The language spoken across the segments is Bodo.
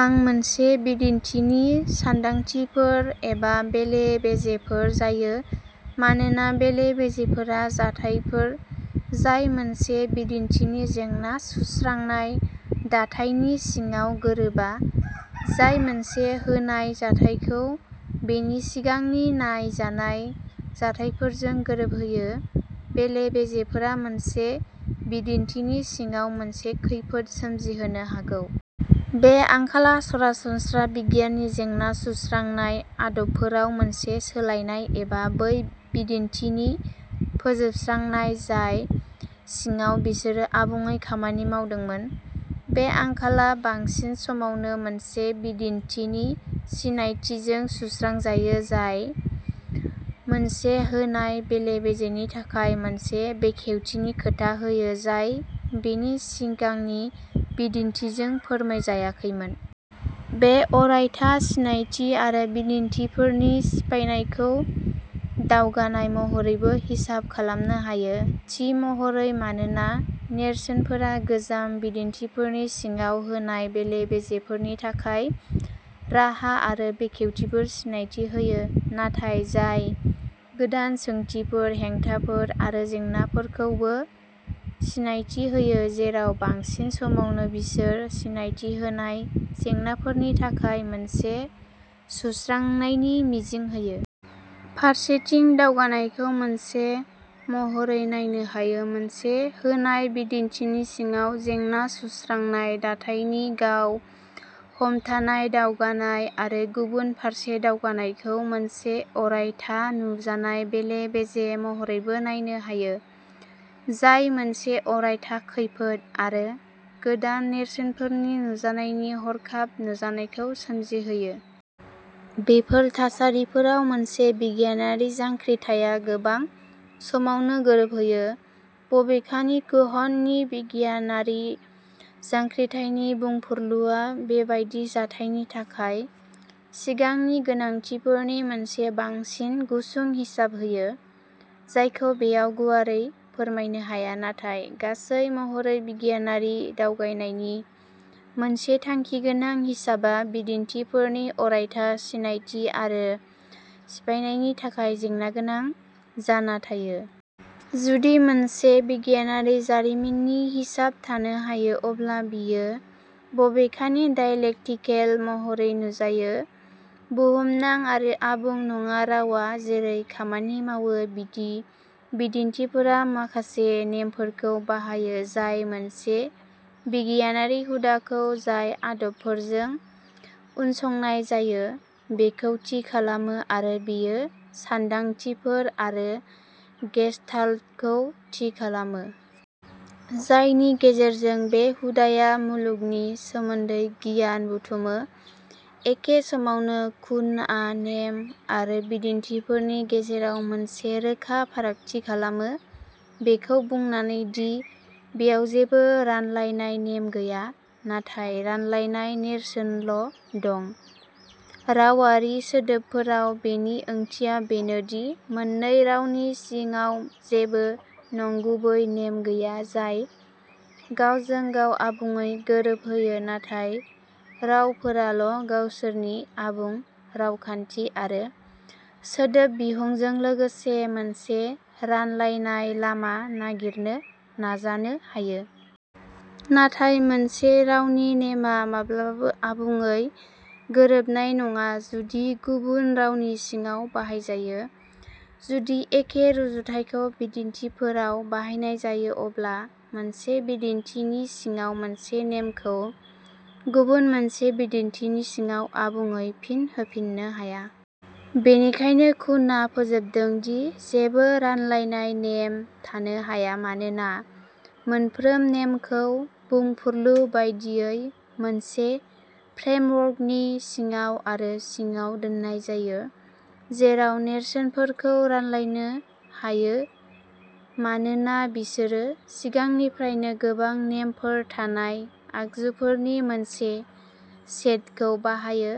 आं मोनसे बिदिन्थिनि सान्दांथिफोर एबा बेले बेजेफोर जायो। मानोना बेले बेजेफोरा जाथायफोर जाय मोनसे बिदिन्थिनि जेंना सुस्रांनाय दाथायनि सिङाव गोरोबा। जाय मोनसे होनाय जाथायखौ बेनि सिगांनि नायजानाय जाथायफोरजों गोरोबहोयो। बेले बेजेफोरा मोनसे बिदिन्थिनि सिङाव मोनसे खैफोद सोमजिहोनो हागौ। बे आंखाला सरासनस्रा बिगियाननि जेंना सुस्रांनाय आदबफोराव मोनसे सोलायनाय एबा बै बिदिन्थिनि फोजोबस्रांनाय जाय सिङाव बिसोरो आबुङै खामानि मावदोंमोन। बे आंखाला बांसिन समावनो मोनसे बिदिन्थिनि सिनायथिजों सुस्रांजायो जाय मोनसे होनाय बेले बेजेनि थाखाय मोनसे बेखेवथिनि खोथा होयो जाय बेनि सिगांनि बिदिन्थिजों फोरमायजायाखैमोन। बे अरायथा सिनायथि आरो बिदिन्थिफोरनि सिफायनायखौ दावगानाय महरैबो हिसाब खालामनो हायो। थि महरै मानोना नेरसोनफोरा गोजाम बिदिन्थिफोरनि सिङाव होनाय बेले बेजेफोरनि थाखाय राहा आरो बेखेवथिफोर सिनायथि होयो। नाथाय जाय गोदान सोंथिफोर हेंथाफोर आरो जेंनाफोरखौबो सिनायथि होयो जेराव बांसिन समावनो बिसोर सिनायथि होनाय जेंनाफोरनि थाखाय मोनसे सुस्रांनायनि मिजिं होयो। फारसेथिं दावगानायखौ मोनसे महरै नायनो हायो मोनसे होनाय बिदिन्थिनि सिङाव जेंना सुस्रांनाय दाथायनि गाव हमथानाय दावगानाय आरो गुबुन फारसे दावगानायखौ मोनसे अरायथा नुजानाय बेले बेजे महरैबो नायनो हायो जाय मोनसे अरायथा खैफोद आरो गोदान नेरसोनफोरनि नुजानायनि हरखाब नुजानायखौ सोमजिहोयो। बेफोर थासारिफोराव मोनसे बिगियानारि जांख्रिथायआ गोबां समावनो गोरोबहैयो। बबेखानि कुहननि बिगियानारि जांख्रिथायनि बुंफुरलुआ बेबादि जाथायनि थाखाय सिगांनि गोनांथिफोरनि मोनसे बांसिन गुसुं हिसाब होयो। जायखौ बेयाव गुवारै फोरमायनो हाया। नाथाय गासै महरै बिगियानारि दावबानायनि मोनसे थांखिगोनां हिसाबआ बिदिन्थिफोरनि अरायथा सिनायथि आरो सिफायनायनि थाखाय जेंनागोनां जाना थायो। जुदि मोनसे बिगियानारि जारिमिननि हिसाब थानो हायो अब्ला बेयो बबेखानि डायलेक्टिकेल महरै नुजायो। बुहुमनां आरो आबुं नङा रावआ जेरै खामानि मावो बिदि बिदिन्थिफोरा माखासे नेमफोरखौ बाहायो जाय मोनसे बिगियानारि हुदाखौ जाय आदबफोरजों उनसंनाय जायो बेखौ थि खालामो आरो बेयो सान्दांथिफोर आरो गेसताल्टखौ थि खालामो। जायनि गेजेरजों बे हुदाया मुलुगनि सोमोन्दै गियान बुथुमो। एखे समावनो कुनआ नेम आरो बिदिन्थिफोरनि गेजेराव मोनसे रोखा फारागथि खालामो। बेखौ बुंनानै दि बेयाव जेबो रानलायनाय नेम गैया। नाथाय रानलायनाय नेरसोनल दं। रावारि सोदोबफोराव बेनि ओंथिया बेनो दि मोननै रावनि सिङाव जेबो नंगुबै नेम गैया जाय गावजों गाव आबुङै गोरोबहोयो नाथाय रावफोराल गावसोरनि आबुं रावखान्थि आरो सोदोब बिहुंजों लोगोसे मोनसे रानलायनाय लामा नागिरनो नाजानो हायो। नाथाय मोनसे रावनि नेमआ माब्लाबाबो आबुङै गोरोबनाय नङा जुदि गुबुन रावनि सिङाव बाहायजायो। जुदि एखे रुजुथायखौ बिदिन्थिफोराव बाहायनाय जायो अब्ला मोनसे बिदिन्थिनि सिङाव मोनसे नेमखौ गुबुन मोनसे बिदिन्थिनि सिङाव आबुङै फिन होफिननो हाया। बेनिखायनो कुनआ फोजोबदों दि जेबो रानलायनाय नेम थानो हाया। मानोना मोनफ्रोम नेमखौ बुंफुरलु बायदियै मोनसे फ्रेमवर्कनि सिङाव आरो सिङाव दोन्नाय जायो। जेराव नेरसोनफोरखौ रानलायनो हायो मानोना बिसोरो सिगांनिफ्रायनो गोबां नेमफोर थानाय आगजुफोरनि मोनसे सेटखौ बाहायो।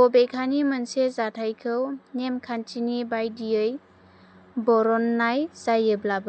बबेखानि मोनसे जाथायखौ नेमखान्थिनि बायदियै बरननाय जायोब्लाबो।